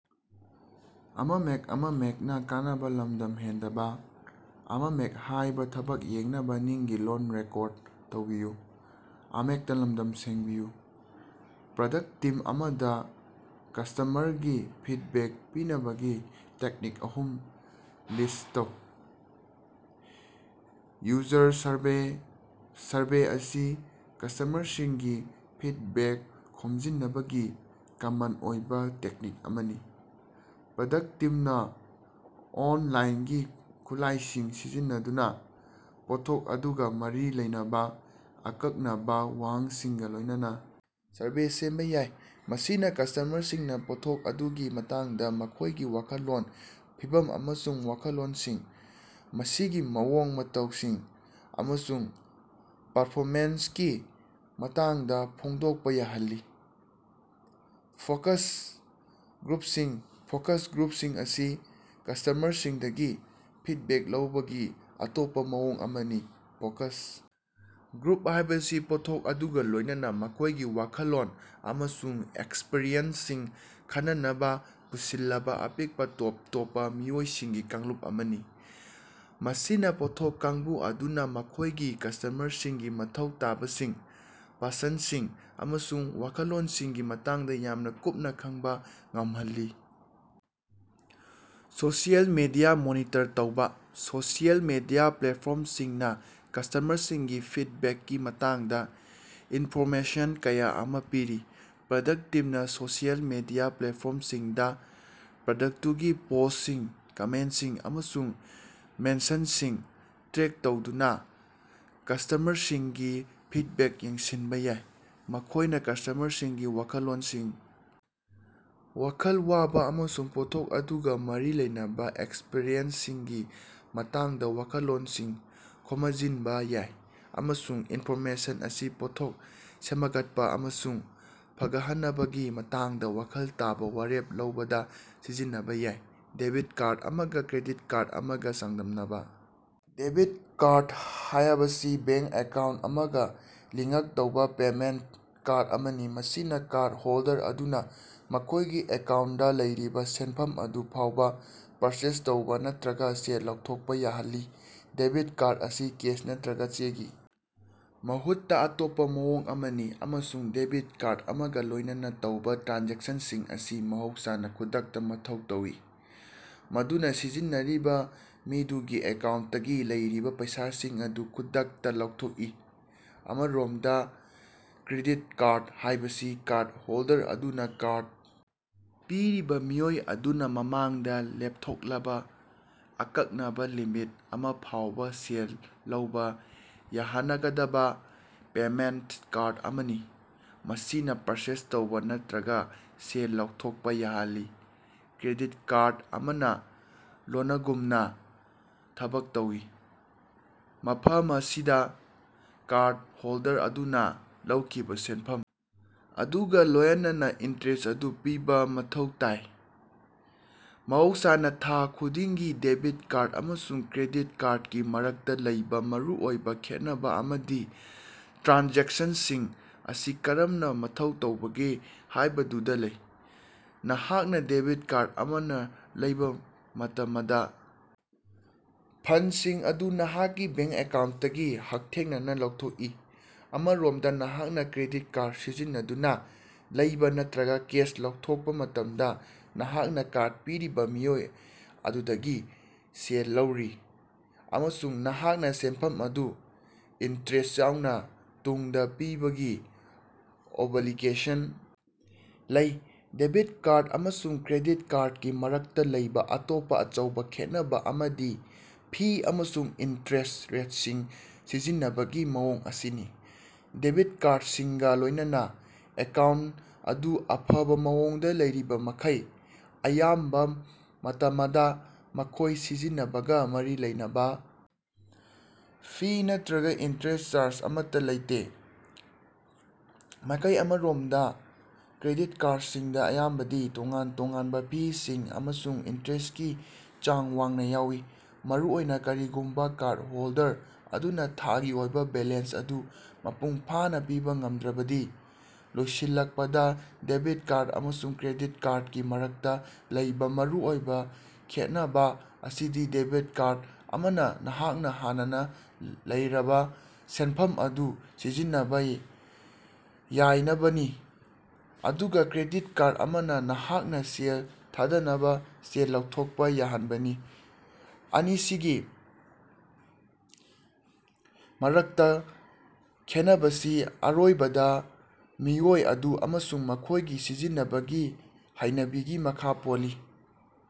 ‎Product team ꯑꯃꯗꯥ ꯀꯁꯇꯃꯔꯒꯤ feedback ꯄꯤꯅꯕꯒꯤ ꯇꯦꯛꯅꯤꯛ ꯑꯍꯨꯝ ꯂꯤꯁꯠ ꯇꯧ꯫ ꯌꯨꯖꯔ ꯁꯔꯚꯦ: ꯁꯔꯚꯦ ꯑꯁꯤ ꯀꯁꯇꯃꯔꯁꯤꯡꯒꯤ ꯐꯤꯗꯕꯦꯛ ꯈꯣꯝꯖꯤꯟꯅꯕꯒꯤ ꯀꯃꯟ ꯑꯣꯏꯕꯥ ꯇꯦꯛꯅꯤꯛ ꯑꯃꯅꯤ꯫ ꯄ꯭ꯔꯗꯛ ꯇꯤꯝꯅꯥ ꯑꯣꯟꯂꯥꯏꯟꯒꯤ ꯈꯨꯠꯂꯥꯏꯁꯤꯡ ꯁꯤꯖꯤꯟꯅꯗꯨꯅꯥ ꯄꯣꯠꯊꯣꯛ ꯑꯗꯨꯒꯥ ꯃꯔꯤ ꯂꯩꯅꯕꯥ ꯑꯀꯛꯅꯕꯥ ꯋꯥꯍꯪꯁꯤꯡꯒꯥ ꯂꯣꯏꯅꯅꯥ ꯁꯔꯚꯦ ꯁꯦꯝꯕꯥ ꯌꯥꯏ, ꯃꯁꯤꯅꯥ ꯀꯁ꯭ꯇꯃꯔꯁꯤꯡꯅꯥ ꯄꯣꯠꯊꯣꯛ ꯑꯗꯨꯒꯤ ꯃꯇꯥꯡꯗꯥ ꯃꯈꯣꯏꯒꯤ ꯋꯥꯈꯜꯂꯣꯟ, ꯐꯤꯚꯝ ꯑꯃꯁꯨꯡ ꯋꯥꯈꯜꯂꯣꯟꯁꯤꯡ, ꯃꯁꯤꯒꯤ ꯃꯑꯣꯡ ꯃꯇꯧꯁꯤꯡ, ꯑꯃꯁꯨꯡ ꯄꯔꯐꯣꯃꯦꯟꯁꯀꯤ ꯃꯇꯥꯡꯗꯥ ꯐꯣꯡꯗꯣꯛꯄ ꯌꯥꯍꯜꯂꯤ꯫ ꯐꯣꯀꯁ ꯒ꯭ꯔꯨꯞꯁꯤꯡ: ꯐꯣꯀꯁ ꯒ꯭ꯔꯨꯞꯁꯤꯡ ꯑꯁꯤ ꯀꯁꯇꯃꯔꯁꯤꯡꯗꯒꯤ ꯐꯤꯗꯕꯦꯛ ꯂꯧꯕꯒꯤ ꯑꯇꯣꯞꯄ ꯃꯑꯣꯡ ꯑꯃꯅꯤ꯫ ꯐꯣꯀꯁ ꯒ꯭ꯔꯨꯞ ꯍꯥꯏꯕꯁꯤ ꯄꯣꯠꯊꯣꯛ ꯑꯗꯨꯒ ꯂꯣꯏꯅꯅꯥ ꯃꯈꯣꯏꯒꯤ ꯋꯥꯈꯜꯂꯣꯟ ꯑꯃꯁꯨꯡ ꯑꯦꯛꯁꯄꯔꯤꯌꯦꯟꯁꯁꯤꯡ ꯈꯟꯅꯅꯕꯥ ꯄꯨꯟꯁꯤꯜꯂꯕꯥ ꯑꯄꯤꯛꯄꯥ, ꯇꯣꯞ ꯇꯣꯞꯄꯥ ꯃꯤꯑꯣꯏꯁꯤꯡꯒꯤ ꯀꯥꯡꯂꯨꯞ ꯑꯃꯅꯤ꯫ ꯃꯁꯤꯅꯥ ꯄꯣꯠꯊꯣꯛ ꯀꯥꯡꯕꯨ ꯑꯗꯨꯅꯥ ꯃꯈꯣꯏꯒꯤ ꯀꯁꯇꯃꯔꯁꯤꯡꯒꯤ ꯃꯊꯧ ꯇꯥꯕꯁꯤꯡ, ꯄꯁꯟꯗꯁꯤꯡ ꯑꯃꯁꯨꯡ ꯋꯥꯈꯜꯂꯣꯟꯁꯤꯡꯒꯤ ꯃꯇꯥꯡꯗ ꯌꯥꯝꯅꯥ ꯀꯨꯞꯅ ꯈꯡꯕ ꯉꯝꯍꯜꯂꯤ꯫ ꯁꯣꯁꯤꯑꯦꯜ ꯃꯤꯗꯤꯌꯥ ꯃꯣꯅꯤꯇꯔ ꯇꯧꯕꯥ: ꯁꯣꯁꯤꯑꯦꯜ ꯃꯤꯗꯤꯌꯥ ꯄ꯭ꯂꯦꯠꯐꯣꯔꯝꯁꯤꯡꯅꯥ ꯀꯁ꯭ꯇꯃꯔꯁꯤꯡꯒꯤ ꯐꯤꯗꯕꯦꯛꯀꯤ ꯃꯇꯥꯡꯗꯥ ꯏꯟꯐꯣꯔꯃꯦꯁꯟ ꯀꯌꯥ ꯑꯃꯥ ꯄꯤꯔꯤ꯫ ꯄ꯭ꯔꯗꯛ ꯇꯤꯝꯅ ꯁꯣꯁꯤꯑꯦꯜ ꯃꯤꯗꯤꯌꯥ ꯄ꯭ꯂꯦꯠꯐꯣꯔꯝꯁꯤꯡꯗꯥ ꯄ꯭ꯔꯗꯛꯇꯨꯒꯤ ꯄꯣꯁꯁꯤꯡ, ꯀꯃꯦꯟꯇꯁꯤꯡ, ꯑꯃꯁꯨꯡ ꯃꯦꯟꯁꯟꯁꯤꯡ ꯇ꯭ꯔꯦꯛ ꯇꯧꯗꯨꯅꯥ ꯀꯁ꯭ꯇꯃꯔꯁꯤꯡꯒꯤ ꯐꯤꯗꯕꯦꯛ ꯌꯦꯡꯁꯤꯟꯕꯥ ꯌꯥꯏ꯫ ꯃꯈꯣꯏꯅ ꯀꯁ꯭ꯇꯃꯔꯁꯤꯡꯒꯤ ꯋꯥꯈꯜꯂꯣꯟꯁꯤꯡ, ꯋꯥꯈꯜ ꯋꯥꯕꯥ ꯑꯃꯁꯨꯡ ꯄꯣꯠꯊꯣꯛ ꯑꯗꯨꯒ ꯃꯔꯤ ꯂꯩꯅꯕꯥ ꯑꯦꯛꯁꯄꯔꯤꯌꯦꯟꯁꯁꯤꯡꯒꯤ ꯃꯇꯥꯡꯗꯥ ꯋꯥꯈꯜꯂꯣꯟꯁꯤꯡ ꯈꯣꯃꯖꯤꯟꯕ ꯌꯥꯏ, ꯑꯃꯁꯨꯡ ꯏꯅꯐꯣꯔꯃꯦꯁꯟ ꯑꯁꯤ ꯄꯣꯠꯊꯣꯛ ꯁꯦꯃꯒꯠꯄꯥ ꯑꯃꯁꯨꯡ ꯐꯒꯠꯍꯅꯕꯒꯤ ꯃꯇꯥꯡꯗꯥ ꯋꯥꯈꯜ ꯇꯥꯕꯥ ꯋꯥꯔꯦꯞ ꯂꯧꯕꯗꯥ ꯁꯤꯖꯤꯟꯅꯕꯥ ꯌꯥꯏ꯫ ꯗꯦꯕꯤꯠ ꯀꯥꯔꯗ ꯑꯃꯒꯥ ꯀ꯭ꯔꯦꯗꯤꯠ ꯀꯥꯔꯗ ꯑꯃꯒꯥ ꯆꯥꯡꯗꯝꯅꯕꯥ꯫ ꯗꯦꯕꯤꯠ ꯀꯥꯔꯗ ꯍꯥꯌꯕꯁꯤ ꯕꯦꯡ ꯑꯦꯀꯥꯎꯟ ꯑꯃꯒꯥ ꯂꯤꯉꯛ ꯇꯧꯕꯥ ꯄꯦꯃꯦꯟꯇ ꯀꯥꯔꯗ ꯑꯃꯅꯤ, ꯃꯁꯤꯅꯥ ꯀꯥꯔꯗ ꯍꯣꯜꯗꯔ ꯑꯗꯨꯅꯥ ꯃꯈꯣꯏꯒꯤ ꯑꯦꯀꯥꯎꯟꯇꯗ ꯂꯩꯔꯤꯕꯥ ꯁꯦꯟꯐꯝ ꯑꯗꯨ ꯐꯥꯎꯕꯥ ꯄꯔꯆꯦꯖ ꯇꯧꯕꯥ ꯅꯠꯇ꯭ꯔꯒꯥ ꯁꯦꯜ ꯂꯧꯊꯣꯛꯄ ꯌꯥꯍꯜꯂꯤ꯫ ꯗꯦꯕꯤꯠ ꯀꯥꯔꯗ ꯑꯁꯤ ꯀꯦꯁ ꯅꯠꯇ꯭ꯔꯒ ꯆꯦꯒꯤ ꯃꯍꯨꯠꯇꯥ ꯑꯇꯣꯞꯄꯥ ꯃꯑꯣꯡ ꯑꯃꯅꯤ, ꯑꯃꯁꯨꯡ ꯗꯦꯕꯤꯠ ꯀꯥꯔꯗ ꯑꯃꯒꯥ ꯂꯣꯏꯅꯅꯥ ꯇꯧꯕꯥ ꯇ꯭ꯔꯥꯟꯖꯦꯛꯁꯟꯁꯤꯡ ꯑꯁꯤ ꯃꯍꯧꯁꯥꯅꯥ ꯈꯨꯗꯛꯇꯥ ꯃꯊꯧ ꯇꯧꯏ, ꯃꯗꯨꯅꯥ ꯁꯤꯖꯤꯟꯅꯔꯤꯕ ꯃꯤꯗꯨꯒꯤ ꯑꯦꯀꯥꯎꯟꯇꯇꯒꯤ ꯂꯩꯔꯤꯕꯥ ꯄꯩꯁꯥꯁꯤꯡ ꯑꯗꯨ ꯈꯨꯗꯛꯇꯥ ꯂꯧꯊꯣꯛꯏ꯫ ꯑꯃꯔꯣꯝꯗꯥ, ꯀ꯭ꯔꯦꯗꯤꯠ ꯀꯥꯔꯗ ꯍꯥꯏꯕꯁꯤ ꯀꯥꯔꯗ ꯍꯣꯜꯗꯔ ꯑꯗꯨꯅꯥ ꯀꯥꯔꯗ ꯄꯤꯔꯤꯕꯥ ꯃꯤꯑꯣꯏ ꯑꯗꯨꯅꯥ ꯃꯃꯥꯡꯗꯥ ꯂꯦꯞꯊꯣꯛꯂꯕꯥ ꯑꯀꯛꯅꯕꯥ ꯂꯤꯃꯤꯠ ꯑꯃꯐꯥꯎꯕꯥ ꯁꯦꯜ ꯂꯧꯕꯥ ꯌꯥꯍꯅꯒꯗꯕꯥ ꯄꯦꯃꯦꯟꯇ ꯀꯥꯔꯗ ꯑꯃꯅꯤ, ꯃꯁꯤꯅꯥ ꯄꯔꯆꯦꯖ ꯇꯧꯕꯥ ꯅꯠꯇ꯭ꯔꯒꯥ ꯁꯦꯜ ꯂꯧꯊꯣꯛꯄꯥ ꯌꯥꯍꯜꯂꯤ꯫ ꯀ꯭ꯔꯦꯗꯤꯠ ꯀꯥꯔꯗ ꯑꯃꯅꯥ ꯂꯣꯅꯒꯨꯝꯅꯥ ꯊꯕꯛ ꯇꯧꯏ, ꯃꯐꯃꯁꯤꯗꯥ ꯀꯥꯔꯗ ꯍꯣꯜꯗꯔ ꯑꯗꯨꯅꯥ ꯂꯧꯈꯤꯕꯥ ꯁꯦꯅꯐꯝ ꯑꯗꯨꯒꯥ ꯂꯣꯌꯅꯅꯥ ꯏꯟꯇꯔꯦꯁ ꯑꯗꯨ ꯄꯤꯕꯥ ꯃꯊꯧ ꯇꯥꯏ, ꯃꯍꯧꯁꯥꯅꯥ ꯊꯥ ꯈꯨꯗꯤꯡꯒꯤ꯫ ꯗꯦꯕꯤꯠ ꯀꯥꯔꯗ ꯑꯃꯁꯨꯡ ꯀ꯭ꯔꯦꯗꯤꯠ ꯀꯥꯔꯗꯀꯤ ꯃꯔꯛꯇꯥ ꯂꯩꯕꯥ ꯃꯔꯨꯑꯣꯏꯕꯥ ꯈꯦꯠꯅꯕꯥ ꯑꯃꯗꯤ ꯇ꯭ꯔꯥꯟꯖꯦꯛꯁꯅꯁꯤꯡ ꯑꯁꯤ ꯀꯔꯝꯅ ꯃꯊꯧ ꯇꯧꯕꯒꯦ ꯍꯥꯏꯕꯗꯨꯗꯥ ꯂꯩ꯫ ꯅꯍꯥꯛꯅꯥ ꯗꯦꯕꯤꯠ ꯀꯥꯔꯗ ꯑꯃꯅꯥ ꯂꯩꯕ ꯃꯇꯃꯗꯥ, ꯐꯟꯗꯁꯤꯡ ꯑꯗꯨ ꯅꯍꯥꯛꯀꯤ ꯕꯦꯡ ꯑꯦꯀꯥꯎꯟꯇꯇꯒꯤ ꯍꯛꯊꯦꯡꯅꯅꯥ ꯂꯧꯊꯣꯛꯏ꯫ ꯑꯃꯔꯣꯃꯗꯥ, ꯅꯍꯥꯛꯅꯥ ꯀ꯭ꯔꯦꯗꯤꯠ ꯀꯥꯔꯗ ꯁꯤꯖꯤꯟꯅꯗꯨꯅꯥ ꯂꯩꯕ ꯅꯠꯇ꯭ꯔꯒ ꯀꯦꯁ ꯂꯧꯊꯣꯛꯄꯥ ꯃꯇꯝꯗꯥ, ꯅꯍꯥꯛꯅꯥ ꯀꯥꯔꯗ ꯄꯤꯔꯤꯕꯥ ꯃꯤꯑꯣꯏ ꯑꯗꯨꯗꯒꯤ ꯁꯦꯜ ꯂꯧꯔꯤ, ꯑꯃꯁꯨꯡ ꯅꯍꯥꯛꯅꯥ ꯁꯦꯅꯐꯝ ꯑꯗꯨ, ꯏꯟꯇꯔꯦꯁ ꯌꯥꯎꯅꯥ, ꯇꯨꯡꯗꯥ ꯄꯤꯕꯒꯤ ꯑꯣꯕꯂꯤꯒꯦꯁꯟ ꯂꯩ꯫ ꯗꯦꯕꯤꯠ ꯀꯥꯔꯗ ꯑꯃꯁꯨꯡ ꯀ꯭ꯔꯦꯗꯤꯠ ꯀꯥꯔꯗꯀꯤ ꯃꯔꯛꯇꯥ ꯂꯩꯕꯥ ꯑꯇꯣꯞꯄꯥ ꯑꯆꯧꯕꯥ ꯈꯦꯠꯅꯕꯥ ꯑꯃꯗꯤ ꯐꯤ ꯑꯃꯁꯨꯡ ꯏꯟꯇꯔꯦꯁ ꯔꯦꯠꯁꯤꯡ ꯁꯤꯖꯤꯟꯅꯕꯒꯤ ꯃꯑꯣꯡ ꯑꯁꯤꯅꯤ꯫ ꯗꯦꯕꯤꯠ ꯀꯥꯔꯗꯁꯤꯡꯒꯥ ꯂꯣꯏꯅꯅꯥ, ꯑꯦꯀꯥꯎꯟꯇ ꯑꯗꯨ ꯑꯐꯕꯥ ꯃꯑꯣꯡꯗꯥ ꯂꯩꯔꯤꯕꯃꯈꯩ, ꯑꯌꯥꯝꯕꯥ ꯃꯇꯃꯗꯥ ꯃꯈꯣꯏ ꯁꯤꯖꯤꯟꯅꯕꯒꯥ ꯃꯔꯤ ꯂꯩꯅꯕꯥ ꯐꯤ ꯅꯠꯇ꯭ꯔꯒꯥ ꯏꯟꯇꯔꯦꯁ ꯆꯥꯔꯖ ꯑꯃꯠꯇꯥ ꯂꯩꯇꯦ꯫ ꯃꯥꯏꯀꯩ ꯑꯃꯔꯣꯝꯗ, ꯀ꯭ꯔꯦꯗꯤꯠ ꯀꯥꯔꯗꯁꯤꯡꯗ ꯑꯌꯥꯝꯕꯗꯤ ꯇꯣꯉꯥꯟ-ꯇꯣꯉꯥꯟꯕꯥ ꯐꯤꯁꯤꯡ ꯑꯃꯁꯨꯡ ꯏꯟꯇꯔꯦꯁꯀꯤ ꯆꯥꯡ ꯋꯥꯡꯅꯥ ꯌꯥꯎꯏ, ꯃꯔꯨꯑꯣꯏꯅꯥ ꯀꯔꯤꯒꯨꯝꯕꯥ ꯀꯥꯔꯗ ꯍꯣꯜꯗꯔ ꯑꯗꯨꯅꯥ ꯊꯥꯒꯤ ꯑꯣꯏꯕꯥ ꯕꯦꯂꯦꯟꯁ ꯑꯗꯨ ꯃꯄꯨꯡꯐꯥꯅꯥ ꯄꯤꯕꯥ ꯉꯝꯗ꯭ꯔꯕꯗꯤ꯫ ꯂꯣꯏꯁꯤꯜꯂꯛꯄꯗꯥ, ꯗꯦꯕꯤꯠ ꯀꯥꯔꯗ ꯑꯃꯁꯨꯡ ꯀ꯭ꯔꯦꯗꯤꯠ ꯀꯥꯔꯗꯀꯤ ꯃꯔꯛꯇꯥ ꯂꯩꯕꯥ ꯃꯔꯨꯑꯣꯏꯕꯥ ꯈꯦꯠꯅꯕꯥ ꯑꯁꯤꯗꯤ ꯗꯦꯕꯤꯠ ꯀꯥꯔꯗ ꯑꯃꯅꯥ ꯅꯍꯥꯛꯅꯥ ꯍꯥꯟꯅꯅꯥ ꯂꯩꯔꯕꯥ ꯁꯦꯅꯐꯝ ꯑꯗꯨ ꯁꯤꯖꯤꯟꯅꯕꯥ ꯌꯥꯏꯅꯕꯅꯤ, ꯑꯗꯨꯒꯥ ꯀ꯭ꯔꯦꯗꯤꯠ ꯀꯥꯔꯗ ꯑꯃꯅꯥ ꯅꯍꯥꯛꯅꯥ ꯁꯦꯜ ꯊꯥꯗꯅꯕꯥ ꯁꯦꯜ ꯂꯧꯊꯣꯛꯄ ꯌꯥꯍꯟꯕꯅꯤ꯫ ꯑꯅꯤꯁꯤꯒꯤ ꯃꯔꯛꯇꯥ ꯈꯦꯅꯕꯁꯤ ꯑꯔꯣꯏꯕꯗꯥ ꯃꯤꯑꯣꯏ ꯑꯗꯨ ꯑꯃꯁꯨꯡ ꯃꯈꯣꯏꯒꯤ ꯁꯤꯖꯤꯟꯅꯕꯒꯤ ꯍꯩꯅꯕꯤꯒꯤ ꯃꯈꯥ ꯄꯣꯜꯂꯤ꯫।